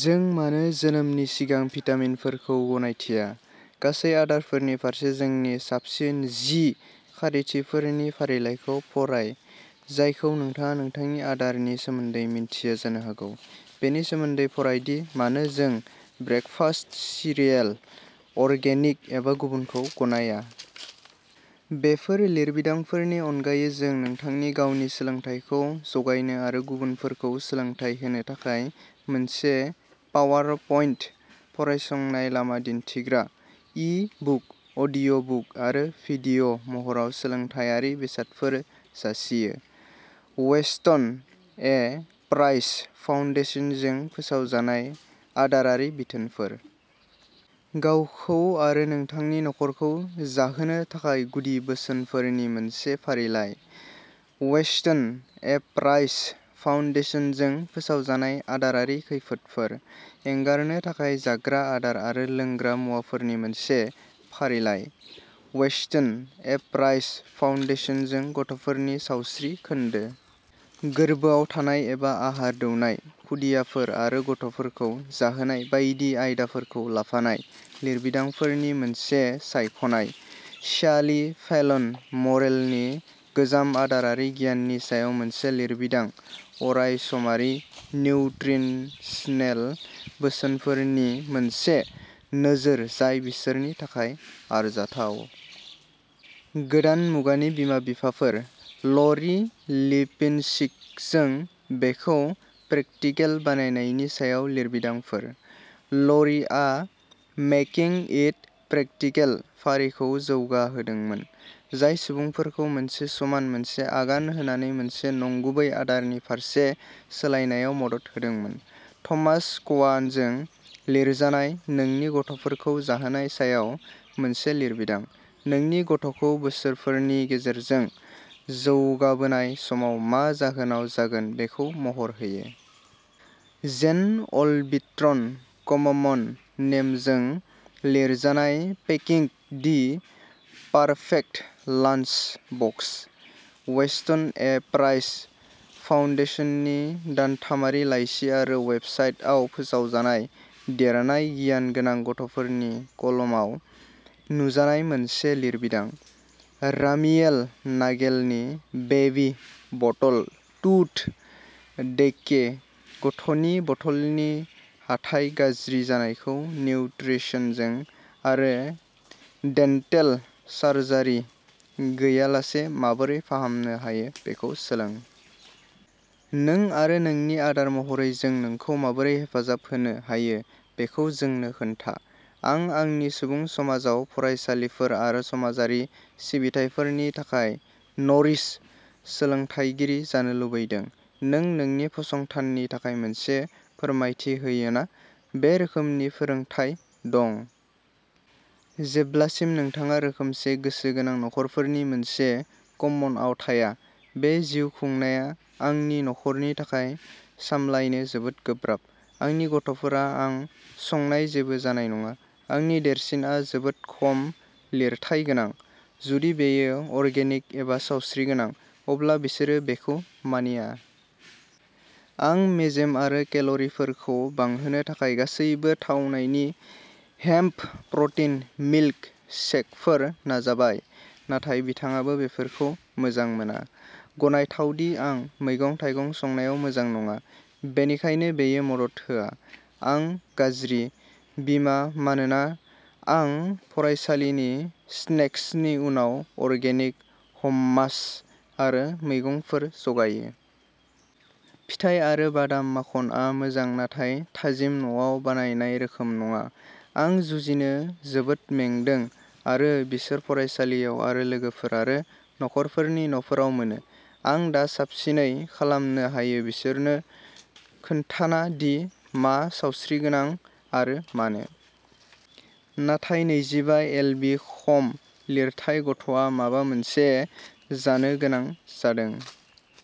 जों मानो जोनोमनि सिगां भिटामिनफोरखौ गनायथिया, गासै आदारफोरनि फारसे जोंनि साबसिन जि खारिथिफोरनि फारिलाइखौ फराय जायखौ नोंथाङा नोंथांनि आदारनि सोमोन्दै मिन्थिया जानो हागौ। बेनि सोमोन्दै फराय दि मानो जों ब्रेकफास्ट सिरियेल, अर्गेनिक एबा गुबुनखौ गनायाया। बेफोर लिरबिदांफोरनि अनगायै जों नोंथांनि गावनि सोलोंथाइखौ जगायनो आरो गुबुनफोरखौ सोलोंथाय होनो थाखाय मोनसे पावारपइन्ट, फरायसंनाय लामा दिन्थिग्रा, इ-बुक, अडिअ बुक आरो डिभिअ महराव सोलोंथायारि बेसादफोर जासियो। वेस्टन ए प्राइस फाउन्डेसनजों फोसावजानाय आदारारि बिथोनफोर। गावखौ आरो नोंथांनि नखरखौ जाहोनो थाखाय गुदि बोसोनफोरनि मोनसे फारिलाइ। वेस्टन ए प्राइस फाउन्डेसनजों फोसावजानाय आदारारि खैफोदफोर। एंगारनो थाखाय जाग्रा आदार आरो लोंग्रा मुवाफोरनि मोनसे फारिलाइ। वेस्टन ए प्राइस फाउन्डेशनजों गथ'फोरनि सावस्रि खोन्दो। गोरबोआव थानाय एबा आहार दौनाय, खुदियाफोर आरो गथ'फोरखौ जाहोनाय बायदि आयदाफोरखौ लाफानाय लिरबिदांफोरनि मोनसे सायख'नाय। स्यालि फेलन मरेलनि गोजाम आदारारि गियाननि सायाव मोनसे लिरबिदां अरायसमारि निउत्रिसनेल बोसोनफोरनि मोनसे नोजोर जाय बिसोरनि थाखाय आरजाथाव। गोदान मुगानि बिमा-बिफाफोर। ल'रि लिपिन्स्किजों बेखौ प्रेकटिकेल बानायनायनि सायाव लिरबिदांफोर। ल'रिआ मेकिं इट प्रेकटिकेल फारिखौ जौगाहोदोंमोन, जाय सुबुंफोरखौ मोनसे समाव मोनसे आगान होनानै मोनसे नंगुबै आदारनि फारसे सोलायनायाव मदद होदोंमोन। थमास कवानजों लिरजानाय नोंनि गथ'फोरखौ जाहोनाय सायाव मोनसे लिरबिदां, नोंनि गथ'खौ बोसोरफोरनि गेजेरजों जौगाबोनाय समाव मा जाहोनाय जागोन बेखौ महर होयो। जेन अलबिट्रन, कममन नेमजों लिरजानाय packing the perfect lunch box. Weston A Price फाउन्डेशननि दानथामारि लाइसि आरो वेबसाइटआव फोसावजानाय देरनाय गियानगोनां गथ'फोरनि कलमाव नुजानाय मोनसे लिरबिदां। रामियेल नागेलनि बेबी बटल टुथ डेके। गथ'नि बथलनि हाथाइ गाज्रि जानायखौ निउत्रिसनजों आरो डेन्टेल सार्जारि गैयालासे माबोरै फाहामनो हायो बेखौ सोलों। नों आरो नोंनि आदार महरै जों नोंखौ माबोरै हेफाजाब होनो हायो बेखौ जोंनो खोन्था। आं आंनि सुबुं समाजाव फरायसालिफोर आरो समाजारि सिबिथाइफोरनि थाखाय न'रिश सोलोंथायगिरि जानो लुबैदों। नों नोंनि फसंथाननि थाखाय मोनसे फोरमानथि होयो ना बे रोखोमनि फोरोंथाय दं? जेब्लासिम नोंथाङा रोखोमसे गोसो गोनां नखरफोरनि मोनसे कम्मनआव थाया, बे जिउ खुंनाया आंनि नखरनि थाखाय सामलायनो जोबोद गोब्राब। आंनि गथ'फोरा आं संनाय जेबो जानाय नङा। आंनि देरसिनआ जोबोद खम लिरथाय गोनां। जुदि बेयो अर्गेनिक एबा सावस्रिगोनां अब्ला बिसोरो बेखौ मानिया। आं मेजेम आरो केल'रिफोरखौ बांहोनो थाखाय गासैबो थावनायनि हेम्प प्र'टिन मिल्क शेकफोर नाजाबाय, नाथाय बिथाङाबो बेफोरखौ मोजां मोना। गनायथाव दि आं मैगं-थाइगं संनायाव मोजां नङा। बेनिखायनो बेयो मदद होआ। आं गाज्रि बिमा मानोना आं फरायसालिनि स्नेक्सनि उनाव अर्गेनिक हममास आरो मैगंफोर जगायो। फिथाइ आरो बादाम माखनआ मोजां नाथाय थाजिम न'आव बानायनाय रोखोम नङा। आं जुजिनो जोबोद मेंदों आरो बिसोर फरायसालियाव आरो लोगोफोर आरो नखरफोरनि न'फोराव मोनो। आं दा साबसिनै खालामनो हायो बिसोरनो खोन्थाना दि मा सावस्रिगोनां आरो मानो। नाथाय नैजिबा एलबि खम लिरथाय गथ'आ माबा मोनसे जानो गोनां जादों।